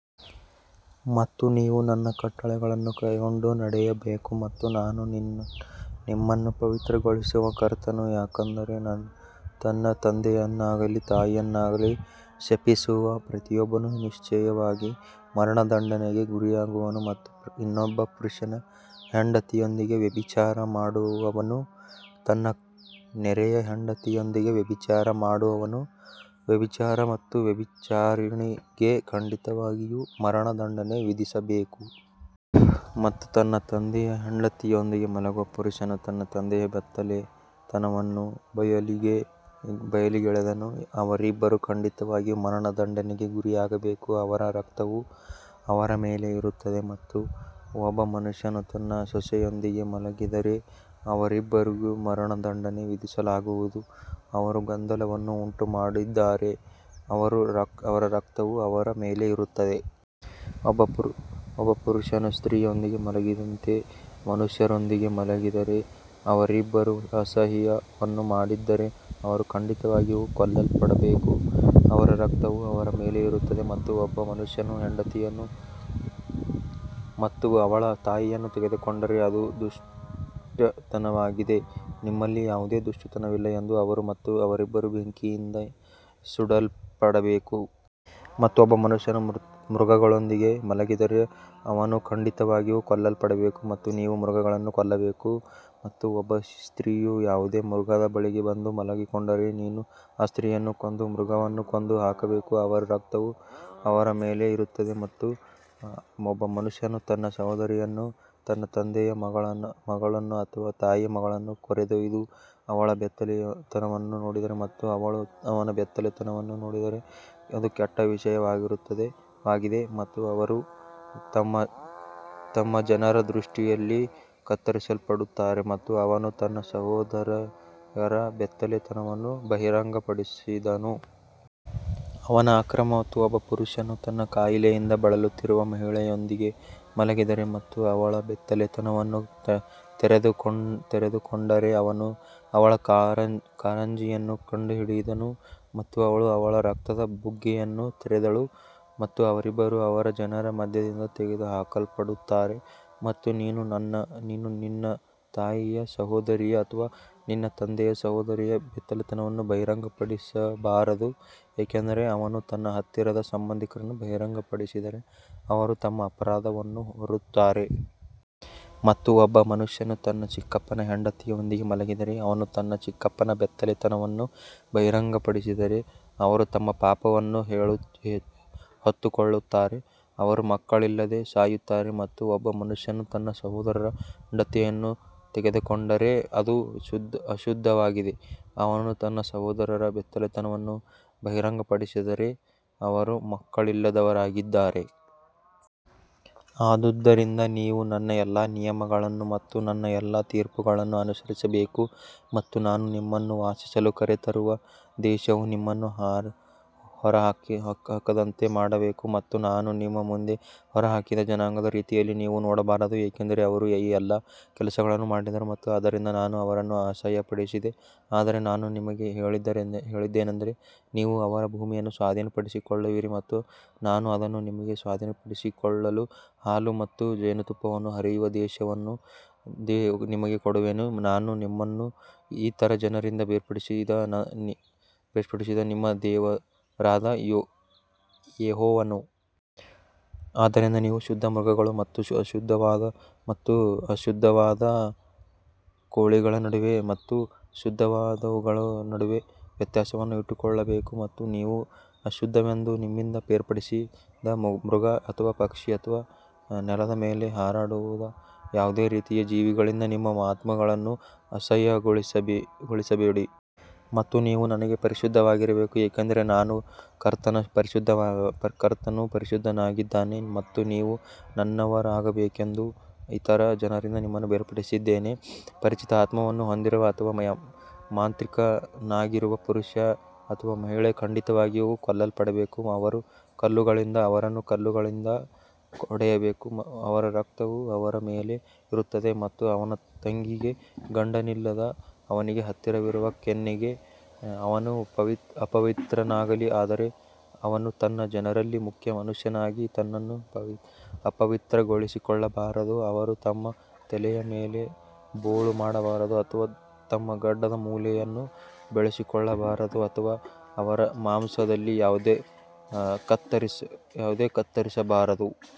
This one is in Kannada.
ಮತ್ತು ನೀವು ನನ್ನ ಕಟ್ಟಳೆಗಳನ್ನು ಕೈಕೊಂಡು ನಡೆಯಬೇಕು ಮತ್ತು ನಾನು ನಿಮ್ಮನ್ನು ಪವಿತ್ರಗೊಳಿಸುವ ಕರ್ತನು ಯಾಕಂದರೆ ತನ್ನ ತಂದೆಯನ್ನಾಗಲಿ ತಾಯಿಯನ್ನಾಗಲಿ ಶಪಿಸುವ ಪ್ರತಿಯೊಬ್ಬನು ನಿಶ್ಚಯವಾಗಿ ಮರಣದಂಡನೆಗೆ ಗುರಿಯಾಗುವನು ಮತ್ತು ಇನ್ನೊಬ್ಬ ಪುರುಷನ ಹೆಂಡತಿಯೊಂದಿಗೆ ವ್ಯಭಿಚಾರ ಮಾಡುವವನು ತನ್ನ ನೆರೆಯ ಹೆಂಡತಿಯೊಂದಿಗೆ ವ್ಯಭಿಚಾರ ಮಾಡುವವನು ವ್ಯಭಿಚಾರಿ ಮತ್ತು ವ್ಯಭಿಚಾರಿಣಿಗೆ ಖಂಡಿತವಾಗಿಯೂ ಮರಣದಂಡನೆ ವಿಧಿಸಬೇಕು. ಮತ್ತು ತನ್ನ ತಂದೆಯ ಹೆಂಡತಿಯೊಂದಿಗೆ ಮಲಗುವ ಪುರುಷನು ತನ್ನ ತಂದೆಯ ಬೆತ್ತಲೆತನವನ್ನು ಬಯಲಿಗೆಳೆದನು, ಅವರಿಬ್ಬರೂ ಖಂಡಿತವಾಗಿಯೂ ಮರಣದಂಡನೆಗೆ ಗುರಿಯಾಗಬೇಕು ಅವರ ರಕ್ತವು ಅವರ ಮೇಲೆ ಇರುತ್ತದೆ. ಮತ್ತು ಒಬ್ಬ ಮನುಷ್ಯನು ತನ್ನ ಸೊಸೆಯೊಂದಿಗೆ ಮಲಗಿದರೆ ಅವರಿಬ್ಬರಿಗೂ ಮರಣದಂಡನೆ ವಿಧಿಸಲಾಗುವುದು, ಅವರು ಗೊಂದಲವನ್ನು ಉಂಟುಮಾಡಿದ್ದಾರೆ ಅವರ ರಕ್ತವು ಅವರ ಮೇಲೆ ಇರುತ್ತದೆ. ಒಬ್ಬ ಪುರುಷನು ಸ್ತ್ರೀಯೊಂದಿಗೆ ಮಲಗಿದಂತೆ ಮನುಷ್ಯರೊಂದಿಗೆ ಮಲಗಿದರೆ ಅವರಿಬ್ಬರೂ ಅಸಹ್ಯವನ್ನು ಮಾಡಿದ್ದರೆ ಅವರು ಖಂಡಿತವಾಗಿಯೂ ಕೊಲ್ಲಲ್ಪಡಬೇಕು ಅವರ ರಕ್ತವು ಅವರ ಮೇಲೆ ಇರುತ್ತದೆ. ಮತ್ತು ಒಬ್ಬ ಮನುಷ್ಯನು ಹೆಂಡತಿಯನ್ನು ಮತ್ತು ಅವಳ ತಾಯಿಯನ್ನು ತೆಗೆದುಕೊಂಡರೆ ಅದು ದುಷ್ಟತನವಾಗಿದೆ, ನಿಮ್ಮಲ್ಲಿ ಯಾವುದೇ ದುಷ್ಟತನವಿಲ್ಲ ಎಂದು ಅವರು ಮತ್ತು ಅವರಿಬ್ಬರೂ ಬೆಂಕಿಯಿಂದ ಸುಡಲ್ಪಡಬೇಕು. ಮತ್ತು ಒಬ್ಬ ಮನುಷ್ಯನು ಮೃಗದೊಂದಿಗೆ ಮಲಗಿದರೆ ಅವನು ಖಂಡಿತವಾಗಿಯೂ ಕೊಲ್ಲಲ್ಪಡಬೇಕು ಮತ್ತು ನೀವು ಮೃಗವನ್ನು ಕೊಲ್ಲಬೇಕು. ಮತ್ತು ಒಬ್ಬ ಸ್ತ್ರೀಯು ಯಾವುದೇ ಮೃಗದ ಬಳಿಗೆ ಬಂದು ಮಲಗಿಕೊಂಡರೆ ನೀನು ಆ ಸ್ತ್ರೀಯನ್ನು ಕೊಂದು ಮೃಗವನ್ನು ಕೊಂದು ಹಾಕಬೇಕು, ಅವರ ರಕ್ತವು ಅವರ ಮೇಲೆ ಇರುತ್ತದೆ. ಮತ್ತು ಒಬ್ಬ ಮನುಷ್ಯನು ತನ್ನ ಸಹೋದರಿಯನ್ನು ತನ್ನ ತಂದೆಯ ಮಗಳನ್ನು ಅಥವಾ ತಾಯಿಯ ಮಗಳನ್ನು ಕರೆದೊಯ್ದು ಅವಳ ಬೆತ್ತಲೆತನವನ್ನು ನೋಡಿದರೆ ಮತ್ತು ಅವಳು ಅವನ ಬೆತ್ತಲೆತನವನ್ನು ನೋಡಿದರೆ ಅದು ಕೆಟ್ಟ ವಿಷಯವಾಗಿದೆ ಮತ್ತು ಅವರು ತಮ್ಮ ಜನರ ದೃಷ್ಟಿಯಲ್ಲಿ ಕತ್ತರಿಸಲ್ಪಡುತ್ತಾರೆ ಮತ್ತು ಅವನು ತನ್ನ ಸಹೋದರಿಯರ ಬೆತ್ತಲೆತನವನ್ನು ಬಹಿರಂಗಪಡಿಸಿದನು. ಅವನ ಅಕ್ರಮ ಮತ್ತು ಒಬ್ಬ ಪುರುಷನು ತನ್ನ ಕಾಯಿಲೆಯಿಂದ ಬಳಲುತ್ತಿರುವ ಮಹಿಳೆಯೊಂದಿಗೆ ಮಲಗಿದರೆ ಮತ್ತು ಅವಳ ಬೆತ್ತಲೆತನವನ್ನು ತೆರೆದುಕೊಂಡರೆ ಅವನು ಅವಳ ಕಾರಂಜಿಯನ್ನು ಕಂಡುಹಿಡಿದನು ಮತ್ತು ಅವಳು ಅವಳ ರಕ್ತದ ಬುಗ್ಗೆಯನ್ನು ತೆರೆದಳು ಮತ್ತು ಅವರಿಬ್ಬರೂ ಅವರ ಜನರ ಮಧ್ಯದಿಂದ ತೆಗೆದುಹಾಕಲ್ಪಡುತ್ತಾರೆ. ಮತ್ತು ನೀನು ನಿನ್ನ ತಾಯಿಯ ಸಹೋದರಿಯ ಅಥವಾ ನಿನ್ನ ತಂದೆಯ ಸಹೋದರಿಯ ಬೆತ್ತಲೆತನವನ್ನು ಬಹಿರಂಗಪಡಿಸಬಾರದು ಏಕೆಂದರೆ ಅವನು ತನ್ನ ಹತ್ತಿರದ ಸಂಬಂಧಿಕರನ್ನು ಬಹಿರಂಗಪಡಿಸಿದರೆ ಅವರು ತಮ್ಮ ಅಪರಾಧವನ್ನು ಹೊರುತ್ತಾರೆ. ಮತ್ತು ಒಬ್ಬ ಮನುಷ್ಯನು ತನ್ನ ಚಿಕ್ಕಪ್ಪನ ಹೆಂಡತಿಯೊಂದಿಗೆ ಮಲಗಿದರೆ ಅವನು ತನ್ನ ಚಿಕ್ಕಪ್ಪನ ಬೆತ್ತಲೆತನವನ್ನು ಬಹಿರಂಗಪಡಿಸಿದರೆ ಅವರು ತಮ್ಮ ಪಾಪವನ್ನು ಹೊತ್ತುಕೊಳ್ಳುತ್ತಾರೆ ಅವರು ಮಕ್ಕಳಿಲ್ಲದೆ ಸಾಯುತ್ತಾರೆ. ಮತ್ತು ಒಬ್ಬ ಮನುಷ್ಯನು ತನ್ನ ಸಹೋದರರ ಹೆಂಡತಿಯನ್ನು ತೆಗೆದುಕೊಂಡರೆ ಅದು ಅಶುದ್ಧವಾಗಿದೆ, ಅವನು ತನ್ನ ಸಹೋದರರ ಬೆತ್ತಲೆತನವನ್ನು ಬಹಿರಂಗಪಡಿಸಿದರೆ ಅವರು ಮಕ್ಕಳಿಲ್ಲದವರಾಗಿದ್ದಾರೆ. ಆದುದರಿಂದ ನೀವು ನನ್ನ ಎಲ್ಲಾ ನಿಯಮಗಳನ್ನು ಮತ್ತು ನನ್ನ ಎಲ್ಲಾ ತೀರ್ಪುಗಳನ್ನು ಅನುಸರಿಸಬೇಕು ಮತ್ತು ನಾನು ನಿಮ್ಮನ್ನು ವಾಸಿಸಲು ಕರೆತರುವ ದೇಶವು ನಿಮ್ಮನ್ನು ಹೊರಹಾಕದಂತೆ ಮಾಡಬೇಕು. ಮತ್ತು ನಾನು ನಿಮ್ಮ ಮುಂದೆ ಹೊರಹಾಕಿದ ಜನಾಂಗದ ರೀತಿಯಲ್ಲಿ ನೀವು ನಡೆಯಬಾರದು, ಏಕೆಂದರೆ ಅವರು ಈ ಎಲ್ಲಾ ಕೆಲಸಗಳನ್ನು ಮಾಡಿದರು ಮತ್ತು ಆದ್ದರಿಂದ ನಾನು ಅವರನ್ನು ಅಸಹ್ಯಪಡಿಸಿದೆ ಆದರೆ ನಾನು ನಿಮಗೆ ಹೇಳಿದ್ದೇನೆಂದರೆ ನೀವು ಅವರ ಭೂಮಿಯನ್ನು ಸ್ವಾಧೀನಪಡಿಸಿಕೊಳ್ಳುವಿರಿ ಮತ್ತು ನಾನು ಅದನ್ನು ನಿಮಗೆ ಸ್ವಾಧೀನಪಡಿಸಿಕೊಳ್ಳಲು ಹಾಲು ಮತ್ತು ಜೇನುತುಪ್ಪವನ್ನು ಹರಿಯುವ ದೇಶವನ್ನು ನಿಮಗೆ ಕೊಡುವೆನು, ನಾನು ನಿಮ್ಮನ್ನು ಇತರ ಜನರಿಂದ ಬೇರ್ಪಡಿಸಿದ ನಿಮ್ಮ ದೇವರಾದ ಯೆಹೋವನು. ಆದ್ದರಿಂದ ನೀವು ಶುದ್ಧ ಮೃಗಗಳು ಮತ್ತು ಅಶುದ್ಧವಾದ ಮತ್ತು ಅಶುದ್ಧವಾದ ಕೋಳಿಗಳ ನಡುವೆ ಮತ್ತು ಶುದ್ಧವಾದವುಗಳ ನಡುವೆ ವ್ಯತ್ಯಾಸವನ್ನು ಇಟ್ಟುಕೊಳ್ಳಬೇಕು ಮತ್ತು ನೀವು ಅಶುದ್ಧವೆಂದು ನಿಮ್ಮಿಂದ ಬೇರ್ಪಡಿಸಿದ ಮೃಗ ಅಥವಾ ಪಕ್ಷಿ ಅಥವಾ ನೆಲದ ಮೇಲೆ ಹರಿದಾಡುವ ಯಾವುದೇ ರೀತಿಯ ಜೀವಿಗಳಿಂದ ನಿಮ್ಮ ಆತ್ಮಗಳನ್ನು ಅಸಹ್ಯಗೊಳಿಸಬೇಡಿ. ಮತ್ತು ನೀವು ನನಗೆ ಪರಿಶುದ್ಧರಾಗಿರಬೇಕು ಏಕೆಂದರೆ ನಾನು ಕರ್ತನು ಪರಿಶುದ್ಧನಾಗಿದ್ದೇನೆ ಮತ್ತು ನೀವು ನನ್ನವರಾಗಬೇಕೆಂದು ಇತರ ಜನರಿಂದ ನಿಮ್ಮನ್ನು ಬೇರ್ಪಡಿಸಿದ್ದೇನೆ. ಪರಿಚಿತ ಆತ್ಮವನ್ನು ಹೊಂದಿರುವ ಅಥವಾ ಮಾಂತ್ರಿಕನಾಗಿರುವ ಪುರುಷ ಅಥವಾ ಮಹಿಳೆ ಖಂಡಿತವಾಗಿಯೂ ಕೊಲ್ಲಲ್ಪಡಬೇಕು ಅವರು ಕಲ್ಲುಗಳಿಂದ ಅವರನ್ನು ಕಲ್ಲುಗಳಿಂದ ಹೊಡೆಯಬೇಕು ಅವರ ರಕ್ತವು ಅವರ ಮೇಲೆ ಇರುತ್ತದೆ ಮತ್ತು ಅವನ ತಂಗಿಗೆ ಗಂಡನಿಲ್ಲದ ಅವನಿಗೆ ಹತ್ತಿರವಿರುವ ಕನ್ಯೆಗೆ ಅವನು ಅಪವಿತ್ರನಾಗಲಿ ಆದರೆ ಅವನು ತನ್ನ ಜನರಲ್ಲಿ ಮುಖ್ಯ ಮನುಷ್ಯನಾಗಿ ತನ್ನನ್ನು ಅಪವಿತ್ರಗೊಳಿಸಿಕೊಳ್ಳಬಾರದು ಅವರು ತಮ್ಮ ತಲೆಯ ಮೇಲೆ ಬೋಳು ಮಾಡಬಾರದು ಅಥವಾ ತಮ್ಮ ಗಡ್ಡದ ಮೂಲೆಯನ್ನು ಬೋಳಿಸಿಕೊಳ್ಳಬಾರದು ಅಥವಾ ಅವರ ಮಾಂಸದಲ್ಲಿ ಯಾವುದೇ ಕತ್ತರಿಸಬಾರದು.